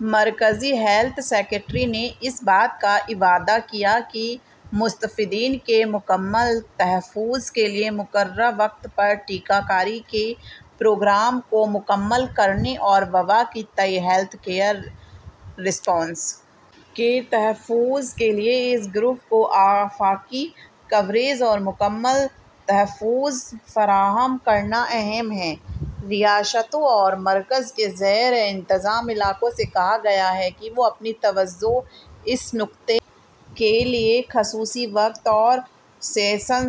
مرکزی health secretary نے اس بات کا اعادہ کیا کہ مستفیدین کے مکمل تحفظ کے لیے مقررہ وقت پر ٹیکہ کاری کے پروگرام کو مکمل کرنے اور وبا کے تئیں ہیلتھ کیئر رسپانس کے تحفظ کے لیے اس گروپ کو آفاقی کوریج اور مکمل تحفظ فراہم کرنا اہم ہے ریاستوں اور مرکز کے زیر انتظام علاقوں سے کہا گیا ہے کہ وہ اپنی توجہ اس نکتہ کے لیے خصوصی وقت اور سیشن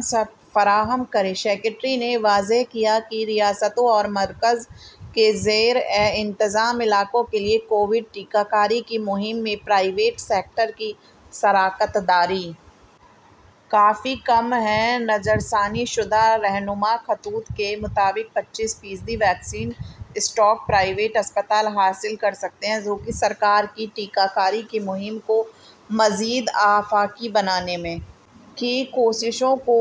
فراہم کریں سکریٹری نے واضح کیا کہ ریاستوں اور مرکز کے زیر انتظام علاقوں کے لیے کووڈ ٹیکہ کاری کی مہم میں پرائیویٹ سیکٹر کی شراکت داری کافی کم ہے نظرثانی شدہ رہنما خطوط کے مطابق پچیس فیصد ویکسین اسٹاک پرائیویٹ اسپتال حاصل کر سکتے ہیں جو کہ حکومت کی ٹیکہ کاری کی مہم کو مزید آفاقی بنانے میں حکومت کی کوششوں کو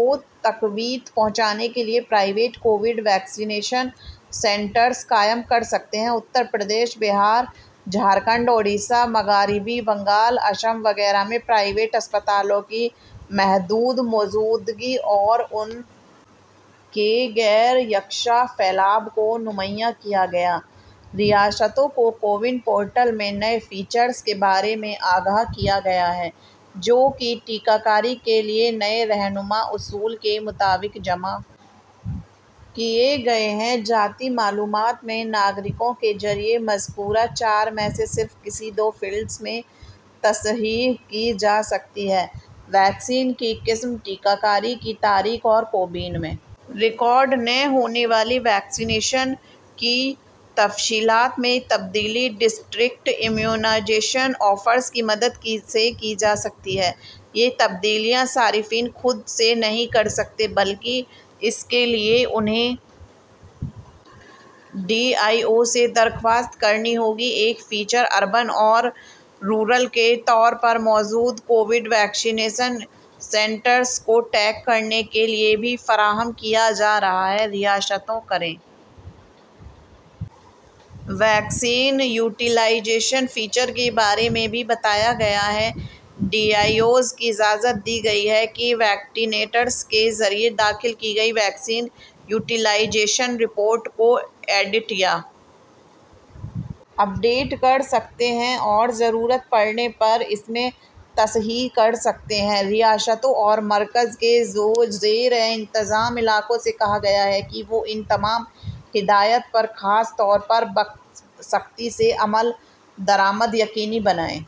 تقویت پہنچانے کے لیے private covid vaccination centres قائم کر سکتے ہیں اتر پردیش بہار جھارکھنڈ اڈیشہ مغربی بنگال آسام وغیرہ میں پرائیویٹ اسپتالوں کی محدود موجودگی اور ان کے غیر یکساں پھیلاؤ کو نمایاں کیا گیا ریاستوں کو کووِن پورٹل میں نئے فیچرز کے بارے میں آگاہ کیا گیا ہے جو کہ ٹیکہ کاری کے نئے رہنما اصول کے مطابق جمع کیے گئے ہیں ذاتی معلومات میں شہریوں کے ذریعہ مذکورہ چار میں سے صرف کسی دو فیلڈز میں تصحیح کی جا سکتی ہے ویکسین کی قسم ٹیکہ کاری کی تاریخ اور کووِن میں ریکارڈ نہ ہونے والی ویکسی نیشن کی تفصیلات میں تبدیلی ڈسٹرکٹ امیونائزیشن آفیسرز کی مدد سے کی جا سکتی ہے یہ تبدیلیاں صارفین خود سے نہیں کر سکتے بلکہ اس کے لیے انہیں ڈی آئی او سے درخواست کرنی ہوگی ایک فیچر اربن اینڈ رورل کے طور پر موجودہ کووڈ ویکسی نیشن سینٹرز کو ٹیگ کرنے کے لیے بھی فراہم کیا جا رہا ہے ریاستوں کو ویکسین یوٹیلائزیشن فیچر کے بارے میں بھی بتایا گیا ہے ڈی آئی اوز کو اجازت دی گئی ہے کہ وہ ویکسی نیٹرس کے ذریعہ داخل کی گئی ویکسین یوٹیلائزیشن رپورٹ کو ایڈٹ یا اپ ڈیٹ کر سکتے ہیں اور ضرورت پڑنے پر اس میں تصحیح کر سکتے ہیں ریاستوں اور مرکز کے زیر انتظام علاقوں سے کہا گیا ہے کہ وہ ان تمام ہدایات پر سختی سے عمل درآمد یقینی بنائیں